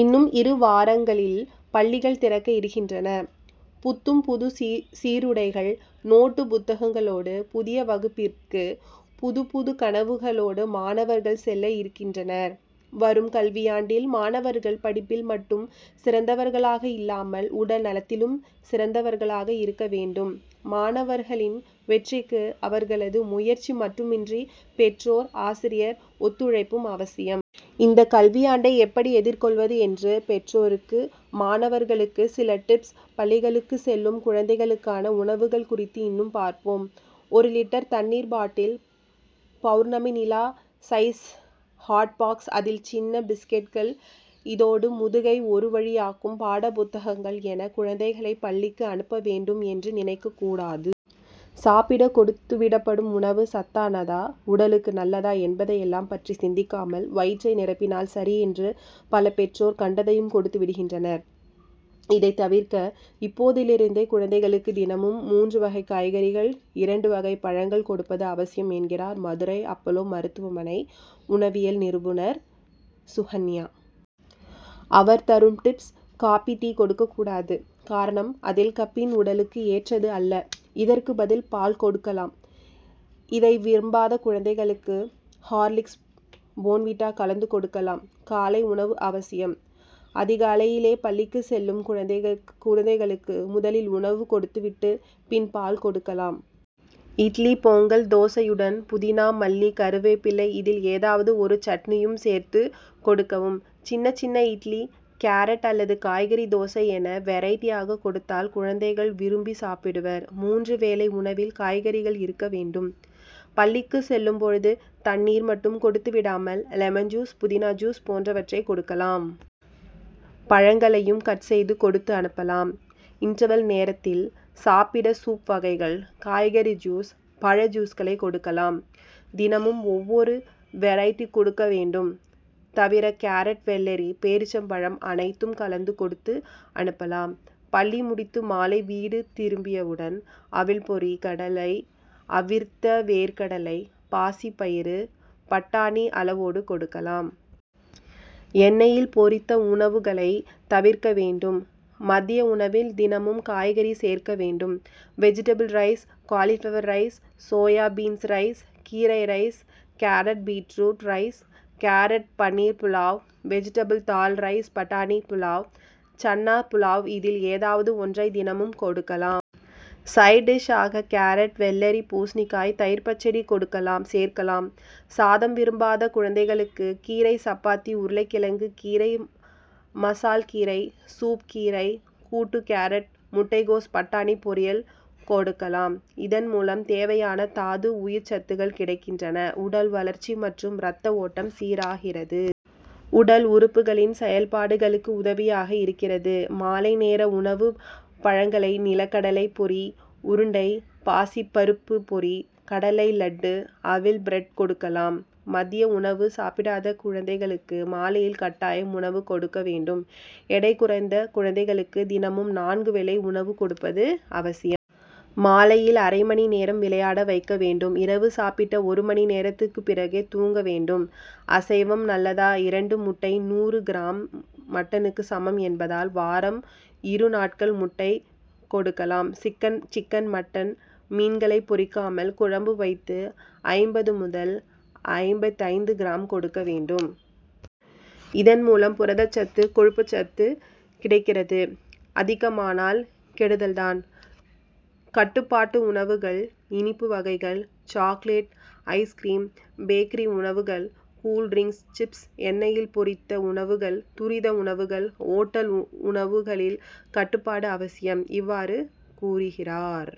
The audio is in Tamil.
இன்னும் இரு வாரங்களில் பள்ளிகள் திறக்க இருக்கின்றன. புத்தும் புது சீ சீருடைகள் நோட்டு புத்தகங்களோடு புதிய வகுப்பிற்கு புதுப்புது கனவுகளோடு மாணவர்கள் செல்ல இருக்கின்றனர். வரும் கல்வியாண்டில் மாணவர்கள் படிப்பில் மட்டும் சிறந்தவர்களாக இல்லாமல் உடல்நலத்திலும் சிறந்தவர்களாக இருக்க வேண்டும். மாணவர்களின் வெற்றிக்கு அவர்களது முயற்சி மட்டுமின்றி பெற்றோர் ஆசிரியர் ஒத்துழைப்பும் அவசியம். இந்த கல்வியாண்டை எப்படி எதிர்கொள்வது என்று பெற்றோருக்கு மாணவர்களுக்கு சில டிப்ஸ் பள்ளிகளுக்கு செல்லும் குழந்தைகளுக்கான உணவுகள் குறித்து இன்று பார்ப்போம். ஒரு லிட்டர் தண்ணீர் பாட்டில் பவுர்ணமி நிலா சைஸ் ஹாட்பாக்ஸ் அதில் சின்ன பிஸ்கட்கள் இதோடு முதுகை ஒருவழியாக்கும் பாடப்புத்தகங்கள் என குழந்தைகளை பள்ளிக்கு அனுப்ப வேண்டும் என்று நினைக்க கூடாது. சாப்பிட கொடுத்துவிடப்படும் உணவு சத்தானதா உடலுக்கு நல்லதா என்பதையெல்லாம் பற்றி சிந்திக்காமல் வயிற்றை நிரப்பினால் சரி என்று பல பெற்றோர் கண்டதையும் கொடுத்து விடுகின்றனர். இதை தவிர்க்க இப்போதிலிருந்தே குழந்தைகளுக்கு தினமும் மூன்று வகை காய்கறிகள் இரண்டு வகை பழங்கள் கொடுப்பது அவசியம் என்கிறார் மதுரை அப்போலோ மருத்துவமனை உணவியல் நிபுணர் சுகன்யா. அவர் தரும் டிப்ஸ் காபி டீ கொடுக்கக்கூடாது. காரணம் அதில் கபின் உடலுக்கு ஏற்றது அல்ல. இதற்கு பதில் பால் கொடுக்கலாம். இதை விரும்பாத குழந்தைகளுக்கு ஹார்லிக்ஸ் போன்விட்டா கலந்து கொடுக்கலாம். காலை உணவு அவசியம். அதிகாலையிலேயே பள்ளிக்கு செல்லும் குழந்தைக்கு முதலில் உணவு கொடுத்துவிட்டு பின் பால் கொடுக்கலாம். இட்லி பொங்கல் தோசையுடன் புதினா மல்லி கறிவேப்பிலை இதில் ஏதாவது ஒரு சட்னியை சேர்த்துக் கொடுக்கவும். சின்ன சின்ன இட்லி கேரட் அல்லது காய்கறி தோசை என வெரைட்டியாக கொடுத்தால் குழந்தைகள் விரும்பி சாப்பிடுவர். மூன்று வேளை உணவில் காய்கறி இருக்க வேண்டும். பள்ளிக்கு செல்லும் போது தண்ணீர் மட்டும் கொடுத்துவிடாமல் லெமன் ஜூஸ் புதினா ஜூஸ் போன்றவற்றை கொடுக்கலாம். பழங்களையும் கட் செய்து கொடுத்து அனுப்பலாம். இன்டர்வெல் நேரத்தில் சாப்பிட சூப் வகைகள் காய்கறி ஜூஸ் பழ ஜூஸ்களை கொடுக்கலாம். தினமும் ஒவ்வொரு வெரைட்டி கொடுக்க வேண்டும். தவிர கேரட் வெள்ளரி பேரீச்சம் பழம் அனைத்து கலந்து கொடுத்து அனுப்பலாம். பள்ளி முடிந்து மாலை வீடு திரும்பியவுடன் அவல் பொரி கடலை அவித்த கொண்டைக்கடலை பாசிப்பயறு பட்டாணியை அளவோடு கொடுக்கலாம். எண்ணெய்யில் பொரித்த உணவுகளை தவிர்க்க வேண்டும். மதிய உணவில் தினமும் காய்கறி சேர்க்க வேண்டும். Vegetable rice cauliflower rice soybeans rice கீரை rice carrot beetroot rice carrot paneer pulao vegetable dal rice பட்டாணி புலாவ் சன்னா புலாவ் இதில் ஏதாவது ஒன்றை தினமும் கொடுக்கலாம். சைடு டிஷ் ஆக கேரட் வெள்ளரி பூசணிக்காய் தயிர் பச்சடி சேர்க்கலாம். சாதம் விரும்பாத குழந்தைகளுக்கு கீரை சப்பாத்தி உருளைகிழங்கு கீரை மசால் கீரை சூப் கீரை கூட்டு கேரட் முட்டைகோஸ் பட்டாணி பொரியல் கொடுக்கலாம். இதன்மூலம் தேவையான தாது உயிர்ச்சத்துகள் கிடைக்கின்றன. உடல் வளர்ச்சி மற்றும் ரத்த ஓட்டம் சீராகிறது. உடல் உள் உறுப்புகளின் செயல்பாடுகளுக்கு உதவியாக இருக்கிறது. மாலை நேர உணவு பழங்கள் நிலக்கடலை பொரி உருண்டை பாசி பருப்பு பொரி கடலை லட்டு அவல் பிரட் கொடுக்கலாம். மதிய உணவு சாப்பிடாத குழந்தைகளுக்கு மாலையில் கட்டாயம் உணவு கொடுக்க வேண்டும். எடை குறைந்த குழந்தைகளுக்கு தினமும் நான்கு வேளை உணவு கொடுப்பது அவசியம். மாலையில் அரைமணி நேரம் விளையாட வைக்க வேண்டும். இரவு சாப்பிட்ட ஒரு மணி நேரத்திற்கு பிறகே தூங்க வேண்டும். அசைவம் நல்லதா இரண்டு முட்டை நூறு கிராம் மட்டனுக்கு சமம் என்பதால் வாரம் இரு நாட்கள் முட்டை கொடுக்கலாம். சிக்கன் மட்டன் மீன்களை பொறிக்காமல் குழம்பு வைத்து ஐம்பது முதல் ஐபத்தைந்து கிராம் கொடுக்க வேண்டும். இதன்மூலம் புரதச்சத்து கொழுப்புச் சத்து கிடைக்கிறது. அதிகமானால் கெடுதல்தான். கட்டுப்பாட்டு உணவுகள் இனிப்பு வகைகள் சாக்லேட்ஸ் ஐஸ்கிரீம்ஸ் பேக்கரி உணவுகள் கூல்டிரிங்ஸ் சிப்ஸ் எண்ணெய்யில் பொரித்த உணவுகள் துரித உணவுகள் ஓட்டல் உணவுகளில் கட்டுப்பாடு அவசியம். இவ்வாறு கூறினார்.